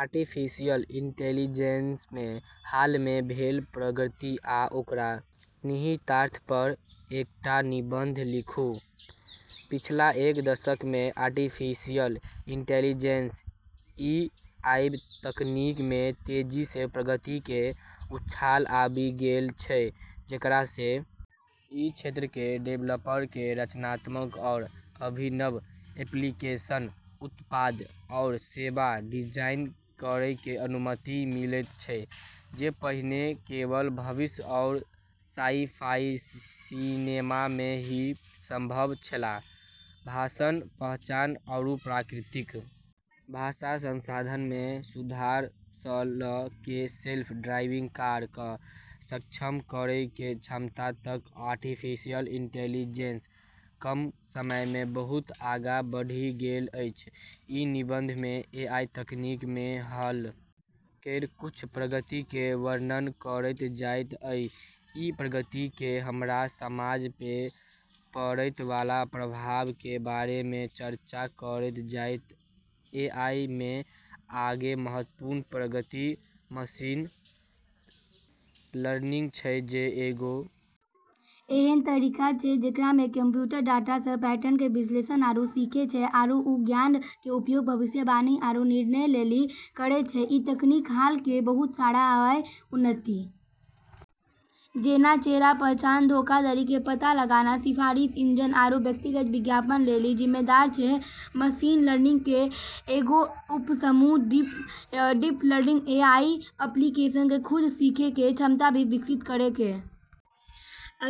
Artificial intelligence मे हाल मे भेल प्रगति आ ओकर निहितार्थ पर एकटा निबंध लिखू, पिछला एक दशक मे आर्टिफिशियल इंटेलिजेंस एआई तकनीक मे तेजी से प्रगति के उछाल आबी गेलऽ छै जेकरा से ई क्षेत्र केरऽ डेवलपर के रचनात्मक आरू अभिनव एप्लीकेशन, उत्पाद, आरू सेवा डिजाइन करै के अनुमति मिललऽ छै जे पहिने केवल भविष्य आरू साइ-फाई सिनेमा मे ही संभव छेलै, भाषण पहचान आरू प्राकृतिक भाषा संसाधन मे सुधार स ल कै सेल्फ ड्राइविंग कार क सक्षम करै के क्षमता तक आर्टिफिशियल इंटेलिजेंस कम समय मे बहुत आगू बढ़ी गेलऽ छै, ई निबंध मे एआई तकनीक मे हाल केरऽ कुछ प्रगति के वर्णन करलऽ जैतै आरू ई प्रगति केरऽ हमरऽ समाज पे पड़ै वाला प्रभाव के बारे मे चर्चा करलऽ जैतै, एआई मे एगो महत्वपूर्ण प्रगति मशीन लर्निंग छै जे एगो ऐन्हऽ तरीका छै जेकरा मे कंप्यूटर डाटा से पैटर्न के विश्लेषण आरू सीखै छै आरू उ ज्ञान के उपयोग भविष्यवाणी आरू निर्णय लेली करै छै, ई तकनीक हाल केरऽ बहुत सारा एआई उन्नति जेना चेहरा पहचान, धोखाधड़ी के पता लगाना, सिफारिश इंजन आरू व्यक्तिगत विज्ञापन लेली जिम्मेदार छै, मशीन लर्निंग केरऽ एगो उपसमूह डीप लर्निंग एआई एप्लीकेशन के खुद सीखै के क्षमता भी विकसित करै के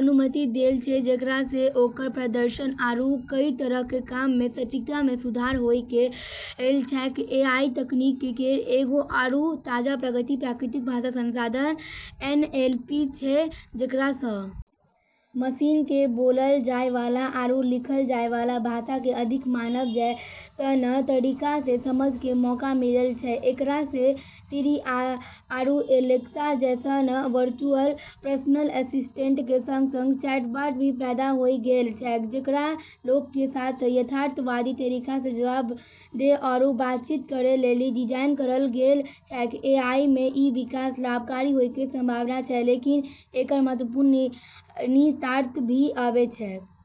अनुमति देले छै जेकरा से ओकरऽ प्रदर्शन आरू कई तरह के काम मे सटीकता मे सुधार होय गेलऽ छै, एआई तकनीक केरऽ एगो आरू ताजा प्रगति प्राकृतिक भाषा संसाधन एनएलपी छै जेकरा स मशीनऽ के बोललऽ जाय वाला आरू लिखलऽ जाय वाला भाषा के अधिक मानव जैसनऽ तरीका से समझ के मौका मिललऽ छै, एकरा से सिरी आरू एलेक्सा जैसनऽ वर्चुअल पर्सनल असिस्टेंट के संग-संग चैटबॉट भी पैदा होय गेलऽ छै जेकरा लोगऽ के साथ यथार्थवादी तरीका से जवाब दै आरू बातचीत करै लेली डिजाइन करलऽ गेलऽ छै, एआई मे ई विकास लाभकारी होय के संभावना छै, लेकिन एकरऽ महत्वपूर्ण निहितार्थ भी आबै छै।